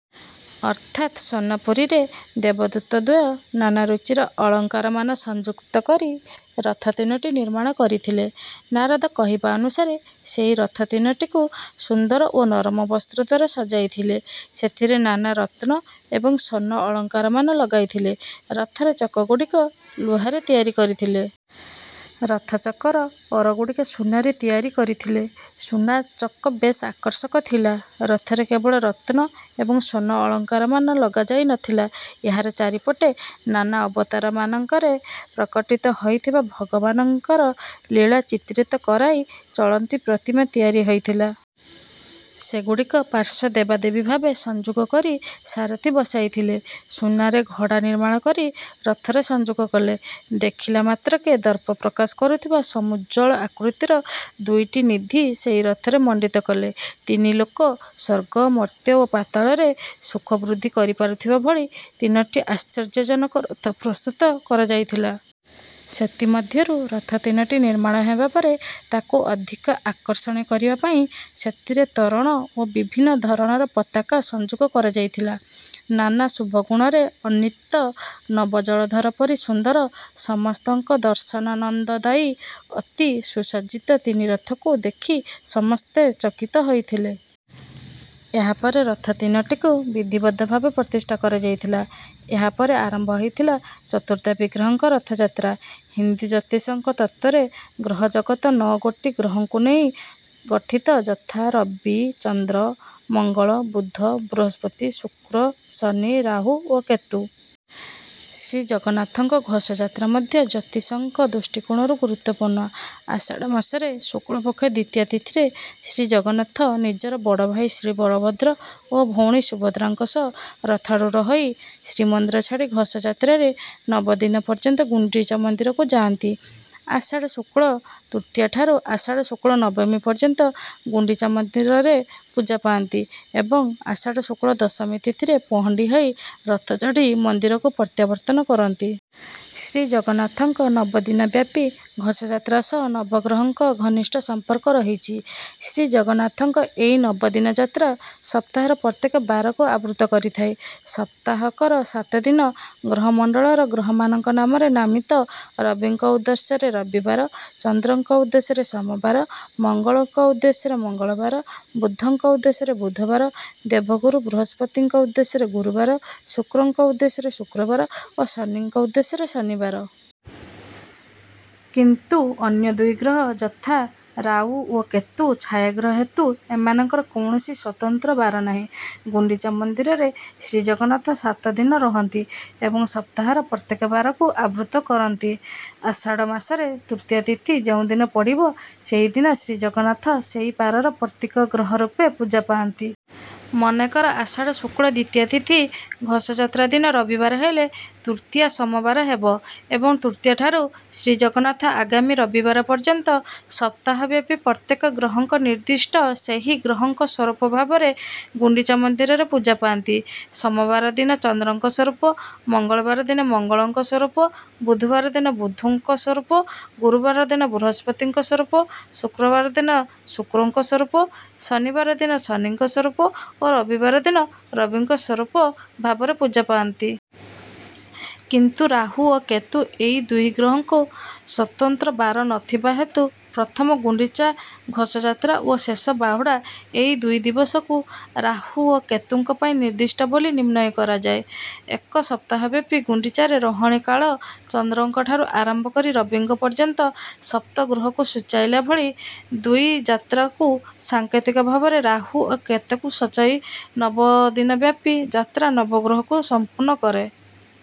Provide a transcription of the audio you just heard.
ଅର୍ଥାତ୍ ସ୍ୱର୍ଣ୍ଣପୁରୀରେ ଦେବଦୂତ ଦ୍ୱୟ ନାନା ରୁଚିର ଅଳଙ୍କାରମାନ ସଂଯୁକ୍ତ କରି ରଥ ତିନୋଟି ନିର୍ମାଣ କରିଥିଲେ। ନାରଦ କହିବା ଅନୁସାରେ ସେହି ରଥ ତିନୋଟିକୁ ସୁନ୍ଦର ଓ ନରମ ବସ୍ତ୍ର ଦ୍ୱାରା ସଜାଇଥିଲେ। ସେଥିରେ ନାନା ରତ୍ନ ଏବଂ ସ୍ୱର୍ଣ୍ଣ ଅଳଙ୍କାରମାନ ଲଗାଇଥିଲେ। ରଥର ଚକଗୁଡ଼ିକ ଲୁହାରେ ତିଆରି କରିଥିଲେ। ରଥଚକର ଅରଗୁଡ଼ିକ ସୁନାରେ ତିଆରି କରିଥିଲେ। ସୁନା ଚକ ବେଶ୍ ଆକର୍ଷକ ଥିଲା। ରଥରେ କେବଳ ରତ୍ନ ଏବଂ ସ୍ୱର୍ଣ୍ଣ ଅଳଙ୍କାରମାନ ଲଗାଯାଇ ନ ଥିଲା, ଏହାର ଚାରିପଟେ ନାନା ଅବତାରମାନଙ୍କରେ ପ୍ରକଟିତ ହୋଇଥିବା ଭଗବାନଙ୍କର ଲୀଳା ଚିତ୍ରିତ କରାଇ ଚଳନ୍ତି ପ୍ରତିମା ତିଆରି ହୋଇଥିଲା। ସେଗୁଡ଼ିକୁ ପାର୍ଶ୍ୱ ଦେବାଦେବୀ ଭାବେ ସଂଯୋଗ କରି ସାରଥି ବସାଇଥିଲେ। ସୁନାରେ ଘୋଡ଼ା ନିର୍ମାଣ କରି ରଥରେ ସଂଯୋଗ କଲେ। ଦେଖିଲା ମାତ୍ରକେ ଦର୍ପ ପ୍ରକାଶ କରୁଥିବା ସମୁଜ୍ଜ୍ୱଳ ଆକୃତିର ଦୁଇଟି ନିଧି ସେହି ରଥରେ ମଣ୍ଡିତ କଲେ। ତିନି ଲୋକ ସ୍ୱର୍ଗ, ମର୍ତ୍ତ୍ୟ ଓ ପାତାଳରେ ସୁଖ ବୃଦ୍ଧି କରିପାରୁଥିବା ଭଳି ତିନୋଟି ଆଶ୍ଚର୍ଯ୍ୟଜନକ ରଥ ପ୍ରସ୍ତୁତ କରାଯାଇଥିଲା। ସେଥିମଧ୍ୟରୁ ରଥ ତିନୋଟି ନିର୍ମାଣ ହେବା ପରେ ତାକୁ ଅଧିକ ଆକର୍ଷଣୀୟ କରିବା ପାଇଁ ସେଥିରେ ତୋରଣ ଓ ବିଭିନ୍ନ ଧରଣର ପତାକା ସଂଯୋଗ କରାଯାଇଥିଲା। ନାନା ଶୁଭଗୁଣରେ ଅନ୍ୱିତ, ନବଜଳଧର ପରି ସୁନ୍ଦର, ସମସ୍ତଙ୍କ ଦର୍ଶନାନନ୍ଦଦାୟୀ ଅତି ସୁସଜ୍ଜିତ ତିନି ରଥକୁ ଦେଖି ସମସ୍ତେ ଚକିତ ହୋଇଥିଲେ। ଏହା ପରେ ରଥ ତିନୋଟିକୁ ବିଧିବଦ୍ଧ ଭାବେ ପ୍ରତିଷ୍ଠା କରାଯାଇଥିଲା। ଏହା ପରେ ଆରମ୍ଭ ହୋଇଥିଲା ଚତୁର୍ଦ୍ଧାବିଗ୍ରହଙ୍କ ରଥଯାତ୍ରା। ହିନ୍ଦୁ ଜ୍ୟୋତିଷିକ ତତ୍ତ୍ୱରେ ଗ୍ରହଜଗତ ନଅ ଗୋଟି ଗ୍ରହଙ୍କୁ ନେଇ ଗଠିତ, ଯଥା ରବି, ଚନ୍ଦ୍ର, ମଙ୍ଗଳ, ବୁଧ, ବୃହସ୍ପତି, ଶୁକ୍ର, ଶନି, ରାହୁ ଓ କେତୁ। ଶ୍ରୀଜଗନ୍ନାଥଙ୍କ ଘୋଷଯାତ୍ରା ମଧ୍ୟ ଜ୍ୟୋତିଷିକ ଦୃଷ୍ଟିକୋଣରୁ ଗୁରୁତ୍ୱପୂର୍ଣ୍ଣ। ଆଷାଢ଼ ମାସର ଶୁକ୍ଳପକ୍ଷ ଦ୍ୱିତୀୟା ତିଥିରେ ଶ୍ରୀଜଗନ୍ନାଥ ନିଜର ବଡ଼ଭାଇ ଶ୍ରୀବଳଭଦ୍ର ଓ ଭଉଣୀ ସୁଭଦ୍ରାଙ୍କ ସହ ରଥାରୂଢ଼ ହୋଇ ଶ୍ରୀମନ୍ଦିର ଛାଡ଼ି ଘୋଷଯାତ୍ରାରେ ନବଦିନ ପର୍ଯ୍ୟନ୍ତ ଗୁଣ୍ଡିଚା ମନ୍ଦିରକୁ ଯାଆନ୍ତି। ଆଷାଢ଼ ଶୁକ୍ଳ ତୃତୀୟାଠାରୁ ଆଷାଢ଼ ଶୁକ୍ଳ ନବମୀ ପର୍ଯ୍ୟନ୍ତ ଗୁଣ୍ଡିଚା ମନ୍ଦିରରେ ପୂଜା ପାଆନ୍ତି ଏବଂ ଆଷାଢ଼ ଶୁକ୍ଳ ଦଶମୀ ତିଥିରେ ପହଣ୍ଡି ହୋଇ ରଥ ଚଢ଼ି ଶ୍ରୀମନ୍ଦିରକୁ ପ୍ରତ୍ୟାବର୍ତ୍ତନ କରନ୍ତି। ଶ୍ରୀଜଗନ୍ନାଥଙ୍କ ନବଦିନବ୍ୟାପୀ ଘୋଷଯାତ୍ରା ସହ ନବଗ୍ରହଙ୍କ ଘନିଷ୍ଠ ସମ୍ପର୍କ ରହିଛି। ଶ୍ରୀଜଗନ୍ନାଥଙ୍କ ଏହି ନବଦିନ ଯାତ୍ରା ସପ୍ତାହର ପ୍ରତ୍ୟେକ ବାରକୁ ଆବୃତ୍ତ କରିଥାଏ। ସପ୍ତାହକର ସାତ ଦିନ ଗ୍ରହମଣ୍ଡଳର ଗ୍ରହମାନଙ୍କ ନାମରେ ନାମିତ ରବିଙ୍କ ଉଦ୍ଦେଶ୍ୟରେ ରବିବାର, ଚନ୍ଦ୍ରଙ୍କ ଉଦ୍ଦେଶ୍ୟରେ ସୋମବାର, ମଙ୍ଗଳଙ୍କ ଉଦ୍ଦେଶ୍ୟରେ ମଙ୍ଗଳବାର, ବୁଧଙ୍କ ଉଦ୍ଦେଶ୍ୟରେ ବୁଧବାର, ଦେବଗୁରୁ ବୃହସ୍ପତିଙ୍କ ଉଦ୍ଦେଶ୍ୟରେ ଗୁରୁବାର, ଶୁକ୍ରଙ୍କ ଉଦ୍ଦେଶ୍ୟରେ ଶୁକ୍ରବାର ଓ ଶନିଙ୍କ ଉଦ୍ଦେଶ୍ୟରେ ଶନିବାର। କିନ୍ତୁ ଅନ୍ୟ ଦୁଇ ଗ୍ରହ, ଯଥା ରାହୁ ଓ କେତୁ ଛାୟାଗ୍ରହ ହେତୁ ଏମାନଙ୍କର କୌଣସି ସ୍ୱତନ୍ତ୍ର ବାର ନାହିଁ। ଗୁଣ୍ଡିଚା ମନ୍ଦିରରେ ଶ୍ରୀଜଗନ୍ନାଥ ସାତ ଦିନ ରହନ୍ତି ଏବଂ ସପ୍ତାହର ପ୍ରତ୍ୟେକ ବାରକୁ ଆବୃତ୍ତ କରନ୍ତି। ଆଷାଢ଼ ମାସର ତୃତୀୟା ତିଥି ଯେଉଁଦିନ ପଡ଼ିବ, ସେହିଦିନ ଶ୍ରୀଜଗନ୍ନାଥ ସେହି ବାରର ପ୍ରତୀକ ଗ୍ରହ ରୂପେ ପୂଜା ପାଆନ୍ତି। ମନେକର ଆଷାଢ଼ ଶୁକ୍ଳ ଦ୍ୱିତୀୟା ତିଥି ଘୋଷଯାତ୍ରା ଦିନ ରବିବାର ହେଲେ, ତୃତୀୟା ସୋମବାର ହେବ ଏବଂ ତୃତୀୟାଠାରୁ ଶ୍ରୀଜଗନ୍ନାଥ ଆଗାମୀ ରବିବାର ପର୍ଯ୍ୟନ୍ତ ସପ୍ତାହବ୍ୟାପୀ ପ୍ରତ୍ୟେକ ଗ୍ରହଙ୍କ ନିର୍ଦ୍ଦିଷ୍ଟ ସେହି ଗ୍ରହଙ୍କ ସ୍ୱରୂପ ଭାବରେ ଗୁଣ୍ଡିଚା ମନ୍ଦିରରେ ପୂଜା ପାଆନ୍ତି। ସୋମବାର ଦିନ ଚନ୍ଦ୍ରଙ୍କ ସ୍ୱରୂପ, ମଙ୍ଗଳବାର ଦିନ ମଙ୍ଗଳଙ୍କ ସ୍ୱରୂପ, ବୁଧବାର ଦିନ ବୁଧଙ୍କ ସ୍ୱରୂପ, ଗୁରୁବାର ଦିନ ବୃହସ୍ପତିଙ୍କ ସ୍ୱରୂପ, ଶୁକ୍ରବାର ଦିନ ଶୁକ୍ରଙ୍କ ସ୍ୱରୂପ, ଶନିବାର ଦିନ ଶନିଙ୍କ ସ୍ୱରୂପ ଓ ରବିବାର ଦିନ ରବିଙ୍କ ସ୍ୱରୂପ ଭାବରେ ପୂଜା ପାଆନ୍ତି। କିନ୍ତୁ ରାହୁ ଓ କେତୁ ଏ ଦୁଇ ଗ୍ରହଙ୍କ ସ୍ୱତନ୍ତ୍ର ବାର ନ ଥିବା ହେତୁ ପ୍ରଥମ ଗୁଣ୍ଡିଚା ଘୋଷଯାତ୍ରା ଓ ଶେଷ ବାହୁଡ଼ା, ଏ ଦୁଇ ଦିବସକୁ ରାହୁ ଓ କେତୁଙ୍କ ପାଇଁ ନିର୍ଦ୍ଦିଷ୍ଟ ବୋଲି ନିର୍ଣ୍ଣୟ କରାଯାଏ। ଏକ ସପ୍ତାହବ୍ୟାପୀ ଗୁଣ୍ଡିଚାରେ ରହଣି କାଳ ଚନ୍ଦ୍ରଙ୍କଠାରୁ ଆରମ୍ଭ କରି ରବିଙ୍କ ପର୍ଯ୍ୟନ୍ତ ସପ୍ତଗ୍ରହକୁ ସୂଚାଇଲା ଭଳି ଦୁଇ ଯାତ୍ରାକୁ ସାଙ୍କେତିକ ଭାବରେ ରାହୁ ଓ କେତୁଙ୍କୁ ସୂଚାଇ ନବଦିନବ୍ୟାପୀ ଯାତ୍ରା ନବଗ୍ରହକୁ ସମ୍ପୂର୍ଣ୍ଣ କରେ।